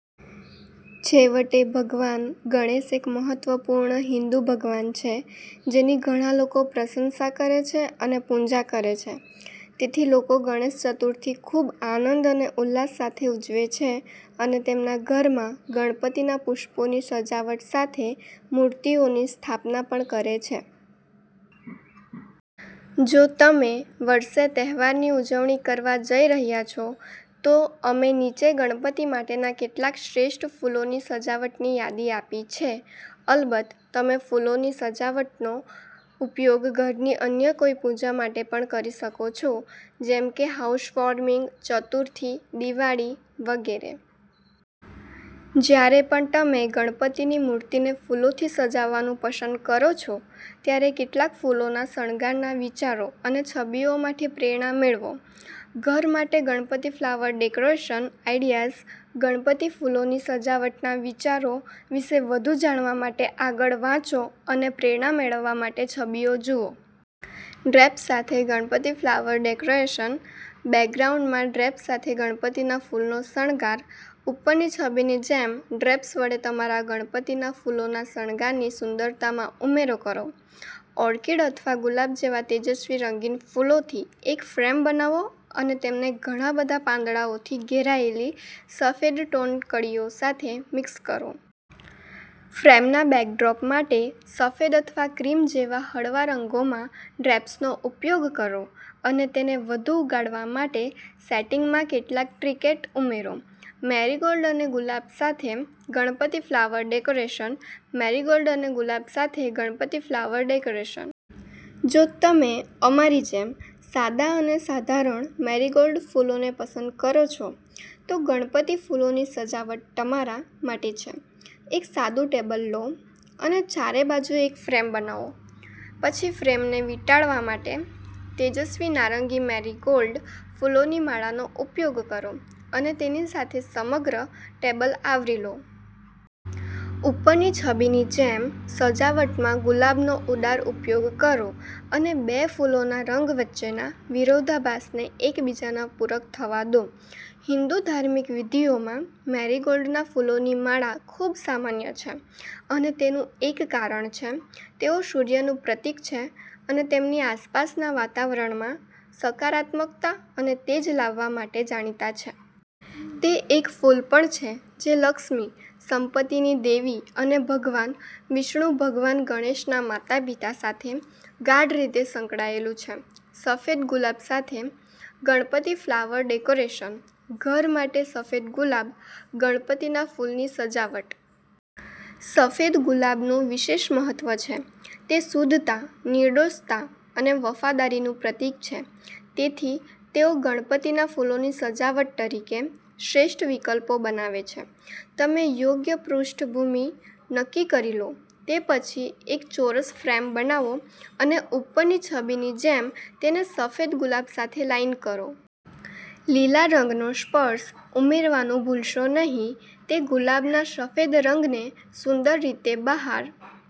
છેવટે, ભગવાન ગણેશ એક મહત્વપૂર્ણ હિંદુ ભગવાન છે જેની ઘણા લોકો પ્રશંસા કરે છે અને પૂજા કરે છે. તેથી લોકો ગણેશ ચતુર્થી ખૂબ આનંદ અને ઉલ્લાસ સાથે ઉજવે છે અને તેમના ઘરમાં ગણપતિના પુષ્પોની સજાવટ સાથે મૂર્તિઓની સ્થાપના પણ કરે છે. જો તમે વર્ષે તહેવારની ઉજવણી કરવા જઈ રહ્યા છો, તો અમે નીચે ગણપતિ માટેના કેટલાક શ્રેષ્ઠ ફૂલોની સજાવટની યાદી આપી છે. અલબત્ત, તમે ફૂલોની સજાવટનો ઉપયોગ ઘરની અન્ય કોઈ પૂજા માટે પણ કરી શકો છો, જેમ કે હાઉસવોર્મિંગ, ચતુર્થી, દિવાળી વગેરે. જ્યારે પણ તમે ગણપતિની મૂર્તિને ફૂલોથી સજાવવાનું પસંદ કરો છો, ત્યારે કેટલાક ફૂલોના શણગારના વિચારો અને છબીઓમાંથી પ્રેરણા મેળવો. ઘર માટે Ganpati flower decoration ideas. Ganpati ફૂલોની સજાવટના વિચારો વિશે વધુ જાણવા માટે આગળ વાંચો, અને પ્રેરણા મેળવવા માટે છબીઓ જુઓ. ડ્રેપ્સ સાથે ગણપતિ ફ્લાવર ડેકોરેશન. બેકગ્રાઉન્ડમાં ડ્રેપ્સ સાથે ગણપતિના ફૂલનો શણગાર. ઉપરની છબીની જેમ ડ્રેપ્સ વડે તમારા ગણપતિના ફૂલોના શણગારની સુંદરતામાં ઉમેરો કરો. ઓર્કિડ અથવા ગુલાબ જેવા તેજસ્વી રંગીન ફૂલોથી એક ફ્રેમ બનાવો અને તેમને ઘણાં બધાં પાંદડાઓથી ઘેરાયેલી સફેદ-ટોન કળીઓ સાથે મિક્સ કરો. ફ્રેમના બેકડ્રોપ માટે, સફેદ અથવા ક્રીમ જેવા હળવા રંગોમાં ડ્રેપ્સનો ઉપયોગ કરો અને તેને વધુ ઉગાડવા માટે સેટિંગમાં કેટલાક ટ્રિંકેટ ઉમેરો. મેરીગોલ્ડ અને ગુલાબ સાથે ગણપતિ ફ્લાવર ડેકોરેશન. મેરીગોલ્ડ અને ગુલાબ સાથે ગણપતિ ફ્લાવર ડેકોરેશન. જો તમે, અમારી જેમ, સાદા અને સાધારણ મેરીગોલ્ડ ફૂલોને પસંદ કરો છો, તો ગણપતિ ફૂલોની સજાવટ તમારા માટે છે. એક સાદું ટેબલ લો અને ચારે બાજુ એક ફ્રેમ બનાવો. પછી ફ્રેમને વીંટાળવા માટે તેજસ્વી નારંગી મેરીગોલ્ડ ફૂલોની માળાનો ઉપયોગ કરો અને તેની સાથે સમગ્ર ટેબલ આવરી લો. ઉપરની છબીની જેમ, સજાવટમાં ગુલાબનો ઉદાર ઉપયોગ કરો અને બે ફૂલોના રંગ વચ્ચેના વિરોધાભાસને એકબીજાના પૂરક થવા દો. હિંદુ ધાર્મિક વિધિઓમાં મેરીગોલ્ડના ફૂલોની માળા ખૂબ સામાન્ય છે, અને તેનું એક કારણ છે. તેઓ સૂર્યનું પ્રતીક છે અને તેમની આસપાસના વાતાવરણમાં સકારાત્મકતા અને તેજ લાવવા માટે જાણીતા છે. તે એક ફૂલ પણ છે જે લક્ષ્મી, સંપત્તિની દેવી અને ભગવાન વિષ્ણુ ભગવાન ગણેશના માતાપિતા સાથે ગાઢ રીતે સંકળાયેલું છે. સફેદ ગુલાબ સાથે ગણપતિ ફ્લાવર ડેકોરેશન. ઘર માટે સફેદ ગુલાબ ગણપતિના ફૂલની સજાવટ. સફેદ ગુલાબનું વિશેષ મહત્વ છે. તે શુદ્ધતા, નિર્દોષતા અને વફાદારીનું પ્રતીક છે. તેથી, તેઓ ગણપતિના ફૂલોની સજાવટ તરીકે શ્રેષ્ઠ વિકલ્પો બનાવે છે. તમે યોગ્ય પૃષ્ઠભૂમિ નક્કી કરી લો તે પછી, એક ચોરસ ફ્રેમ બનાવો અને ઉપરની છબીની જેમ તેને સફેદ ગુલાબ સાથે લાઇન કરો. લીલા રંગનો સ્પર્શ ઉમેરવાનું ભૂલશો નહીં. તે ગુલાબના સફેદ રંગને સુંદર રીતે બહાર